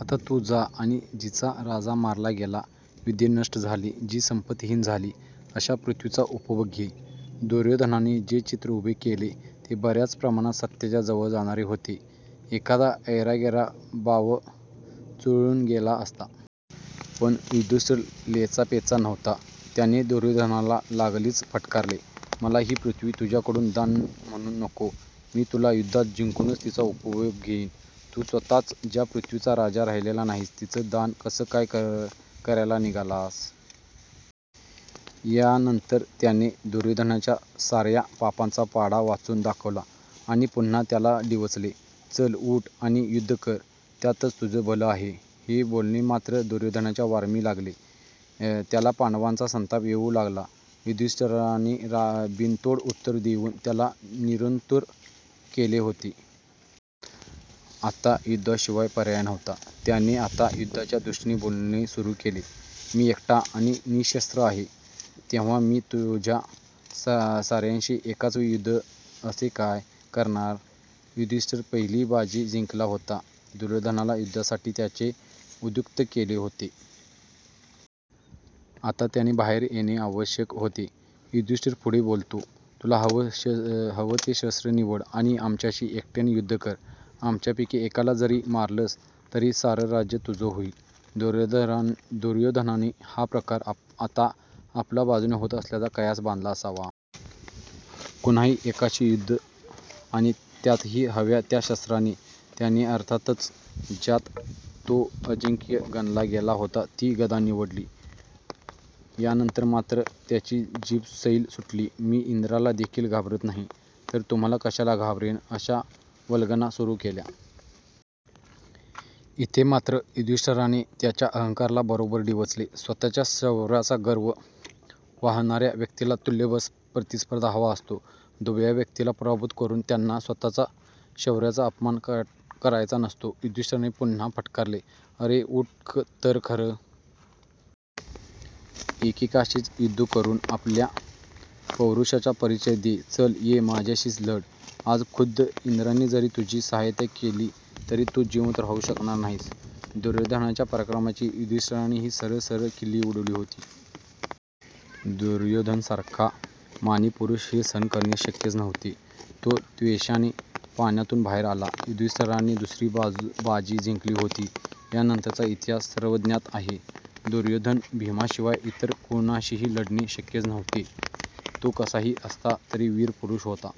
आता तु जा आणि जिचा राजा मारला गेला, योद्धे नष्ट झाले, जी संपत्तीहीन झाली अशा पृथ्वीचा उपभोग घे. दुर्योधनाने जे चित्र उभे केले ते बर्याच प्रमाणात सत्याच्या जवळ जाणारे होते. एखादा ऐरागैरा बावचळुन गेला असता. पण युधिष्ठीर लेचापेचा नव्हता. त्याने दुर्योधनाला लागलीच फटकारले, मला ही पृथ्वी तुझ्याकडुन दान म्हणुन नको. मी तुला युद्धात जिंकुनच तिचा उपभोग घेइन. तु स्वतःच ज्या पृथ्वीचा राजा राहीलेला नाहीस तिचं दान कसं काय करायला निघालास? यानंतर त्याने दुर्योधनाच्या सार्या पापांचा पाढा वाचुन दाखवला आणि पुन्हा त्याला डिवचले. चल उठ आणि युद्ध कर. त्यातच तुझं भलं आहे. हे बोलणे मात्र दुर्योधनाच्या वर्मी लागले. त्याला पांडवांचा संताप येऊ लागला. युधिष्ठीराने बिनतोड उत्तरे देऊन त्याला निरुत्तर केले होते. आता युद्धाशिवाय पर्याय नव्हता. त्याने आता युद्धाच्या दृष्टीने बोलणे सुरु केले, मी एकटा आणि निशस्त्र आहे तेव्हा मी तुम्हा सार्यांशी एकाचवेळी युद्ध असे काय करणार? युधिष्ठीर पहिली बाजी जिंकला होता. दुर्योधनाला युद्धासाठी त्याने उद्युक्त केले होते. आता त्याने बाहेर येणे आवश्यक होते. युधिष्ठीर पुढे बोलतो, तुला हवं ते शस्त्र निवड आणि आमच्याशी एकेकट्याने युद्ध कर. आमच्यापैकी एकाला जरी मारलंस तरी सारं राज्य तुझं होईल. दुर्योधनाने हा प्रकार आता आपल्या बाजुने होत असल्याचा कयास बांधला असावा. कुणाही एकाशी युद्ध आणि त्यातही हव्या त्या शस्त्राने. त्याने अर्थातच ज्यात तो अजिंक्य गणला गेला होता ती गदा निवडली. यानंतर मात्र त्याची जीभ सैल सुटली. मी इंद्राला देखिल घाबरत नाही तर तुम्हाला कशाला घाबरेन अशा वल्गना सुरु केल्या. इथे मात्र युधिष्ठीराने त्याच्या अहंकाराला बरोबर डिवचले. स्वतःच्या शौर्याचा गर्व वाहणार्या व्यक्तीला तुल्यबळ प्रतिस्पर्धी हवा असतो. दुबळ्या व्यक्तीला पराभूत करुन त्यांना स्वतःच्या शौर्याचा अपमान करायचा नसतो. युधिष्ठीराने पुन्हा फटकारले, अरे उठ तर खरा. एकेकाशीच युद्ध करुन आपल्या पौरुषाचा परीचय दे. चल ये माझ्याशीच लढ. आज खुद्द इन्द्राने जरी तुझी साहाय्यता केली तरी तु जिवंत राहु शकणार नाहीस. दुर्योधनाच्या पराक्रमाची युधिष्ठीराने ही सरळ सरळ खिल्ली उडवली होती. दुर्योधनासारखा मानी पुरुष हे सहन करणे शक्यच नव्हते. तो त्वेषाने पाण्यातुन बाहेर आला. युधिष्ठीराने दुसरी बाजी जिंकली होती. यानंतरचा इतिहास सर्वज्ञात आहे. दुर्योधन भीमाशिवाय इतर कुणाशीही लढणे शक्यच नव्हते. तो कसाही असता तरी वीर पुरुष होता.